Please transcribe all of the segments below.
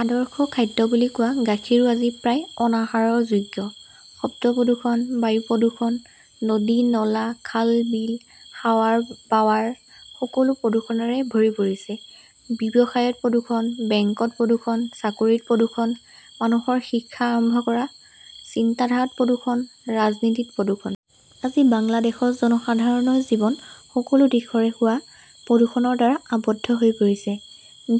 আদৰ্শ খাদ্য বুলি কোৱা গাখীৰো আজি প্ৰায় অনাহাৰযোগ্য। শব্দ প্ৰদূষণ, বায়ু প্ৰদূষণ, নদী-নলা, খাল-বিল, হাৱাৰ বাৱাৰ সকলো প্ৰদূষণৰে ভৰি পৰিছে। ব্যৱসায়ত প্ৰদূষণ, বেংকত প্ৰদূষণ, চাকৰিত প্ৰদূষণ, মানুহৰ শিক্ষা আৰম্ভ কৰা, চিন্তাধাৰাত প্ৰদূষণ, ৰাজনীতিত প্ৰদূষণ। আজি বাংলাদেশৰ জনসাধাৰণৰ জীৱন সকলো দিশৰে হোৱা প্ৰদূষণৰ দ্বাৰা আৱদ্ধ হৈ পৰিছে।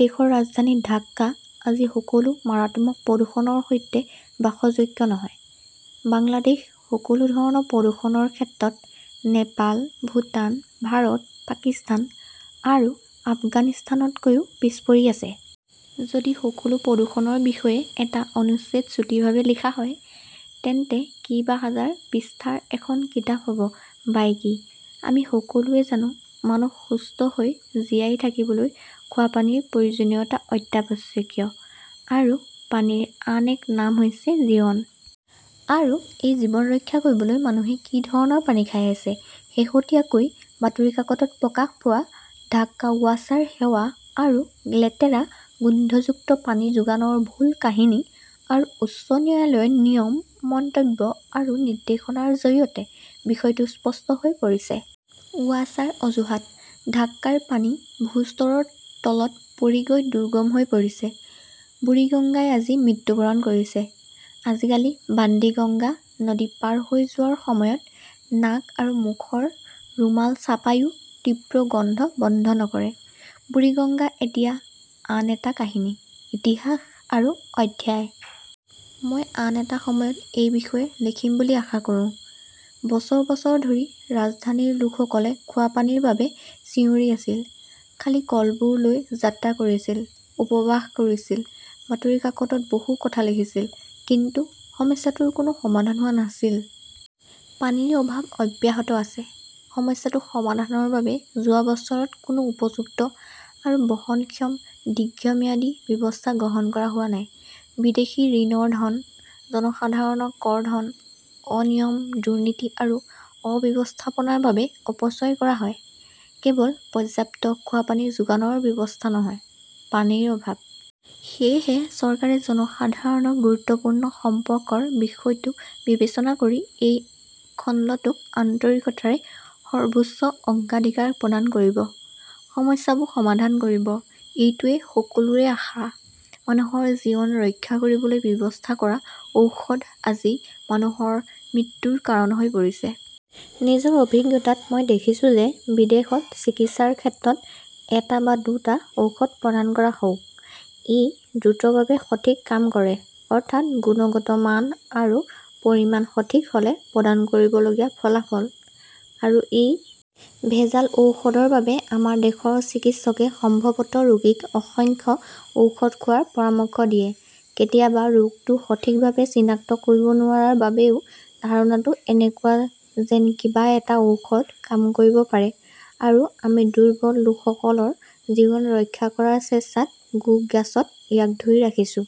দেশৰ ৰাজধানী ঢাকা আজি সকলো মাৰাত্মক প্ৰদূষণৰ সৈতে বাসযোগ্য নহয়। বাংলাদেশ সকলো ধৰণৰ প্ৰদূষণৰ ক্ষেত্ৰত নেপাল, ভূটান, ভাৰত, পাকিস্তান আৰু আফগানিস্তানতকৈও পিছ পৰি আছে। যদি সকলো প্ৰদূষণৰ বিষয়ে এটা অনুচ্ছেদ চুটিভাৱে লিখা হয়, তেন্তে কেইবাহাজাৰ পৃষ্ঠাৰ এখন কিতাপ হ 'ব বাইকি। আমি সকলোৱে জানো, মানুহ সুস্থ হৈ জীয়াই থাকিবলৈ খোৱা পানীৰ প্ৰয়োজনীয়তা অত্যাৱশ্যকীয় আৰু পানীৰ আন এক নাম হৈছে জীৱন। আৰু এই জীৱন ৰক্ষা কৰিবলৈ মানুহে কি ধৰণৰ পানী খাই আছে? শেহতীয়াকৈ বাতৰি কাকতত প্ৰকাশ পোৱা ঢাকা ৱাছাৰ সেৱা আৰু লেতেৰা-গোন্ধযুক্ত পানী যোগানৰ ভুল কাহিনী আৰু উচ্চ ন্যায়ালয়ৰ নিয়ম, মন্তব্য আৰু নিৰ্দেশনাৰ জৰিয়তে বিষয়টো স্পষ্ট হৈ পৰিছে। ৱাছাৰ অজুহাত, ঢাকাৰ পানী ভূ-স্তৰৰ তলত পৰি গৈ দুৰ্গম হৈ পৰিছে, বুৰিগংগাই আজি মৃত্যুবৰণ কৰিছে। আজিকালি বাণ্ডিগঙ্গা নদী পাৰ হৈ যোৱাৰ সময়ত নাক আৰু মুখৰ ৰুমাল চাপাইও তীব্ৰ গোন্ধ বন্ধ নকৰে। বুৰিগঙ্গা এতিয়া আন এটা কাহিনী, ইতিহাস আৰু অধ্যায়। মই আন এটা সময়ত এই বিষয়ে লিখিম বুলি আশা কৰোঁ। বছৰ বছৰ ধৰি ৰাজধানীৰ লোকসকলে খোৱা পানীৰ বাবে চিঞৰি আছিল, খালী কলবোৰ লৈ যাত্ৰা কৰিছিল, উপবাস কৰিছিল, বাতৰি কাকতত বহু কথা লিখিছিল, কিন্তু সমস্যাটোৰ কোনো সমাধান হোৱা নাছিল। পানীৰ অভাৱ অব্যাহত আছে। সমস্যাটো সমাধানৰ বাবে যোৱা বছৰত কোনো উপযুক্ত আৰু বহনক্ষম দীৰ্ঘম্যাদী ব্যৱস্থা গ্ৰহণ কৰা হোৱা নাই। বিদেশী ঋণৰ ধন, জনসাধাৰণৰ কৰ ধন অনিয়ম-দুৰ্নীতি আৰু অব্যৱস্থাপনাৰ বাবে অপচয় কৰা হয়; কেৱল পৰ্যাপ্ত খোৱা পানী যোগানৰ ব্যৱস্থা নহয়, পানীৰ অভাৱ। সেয়েহে, চৰকাৰে জনসাধাৰণৰ গুৰুত্বপূৰ্ণ সম্পৰ্কৰ বিষয়টো বিবেচনা কৰি এই খণ্ডটোক আন্তৰিকতাৰে সৰ্বোচ্চ অগ্ৰাধিকাৰ প্ৰদান কৰিব, সমস্যাবোৰ সমাধান কৰিব, এইটোৱেই সকলোৰে আশা। মানুহৰ জীৱন ৰক্ষা কৰিবলৈ ব্যৱহাৰ কৰা ঔষধ আজি মানুহৰ মৃত্যুৰ কাৰণ হৈ পৰিছে। নিজৰ অভিজ্ঞতাত মই দেখিছোঁ যে বিদেশত চিকিৎসাৰ ক্ষেত্ৰত এটা বা দুটা ঔষধ প্ৰদান কৰা হওঁক, ই দ্ৰুতভাৱে সঠিক কাম কৰে, অৰ্থাৎ গুণগত মান আৰু পৰিমাণ সঠিক হ 'লে প্ৰদান কৰিবলগীয়া ফলাফল। আৰু এই ভেজাল ঔষধৰ বাবে আমাৰ দেশৰ চিকিৎসকে সম্ভৱত ৰোগীক অসংখ্য ঔষধ খোৱাৰ পৰামৰ্শ দিয়ে, কেতিয়াবা ৰোগটো সঠিকভাৱে চিনাক্ত কৰিব নোৱাৰাৰ বাবেও ধাৰণাটো এনেকুৱা যেন কিবা এটা ঔষধ কাম কৰিব পাৰে আৰু আমি দুৰ্বল লোকসকলৰ জীৱন ৰক্ষা কৰাৰ চেষ্টাত গোগ্ৰাছত ইয়াক ধুই ৰাখিছোঁ।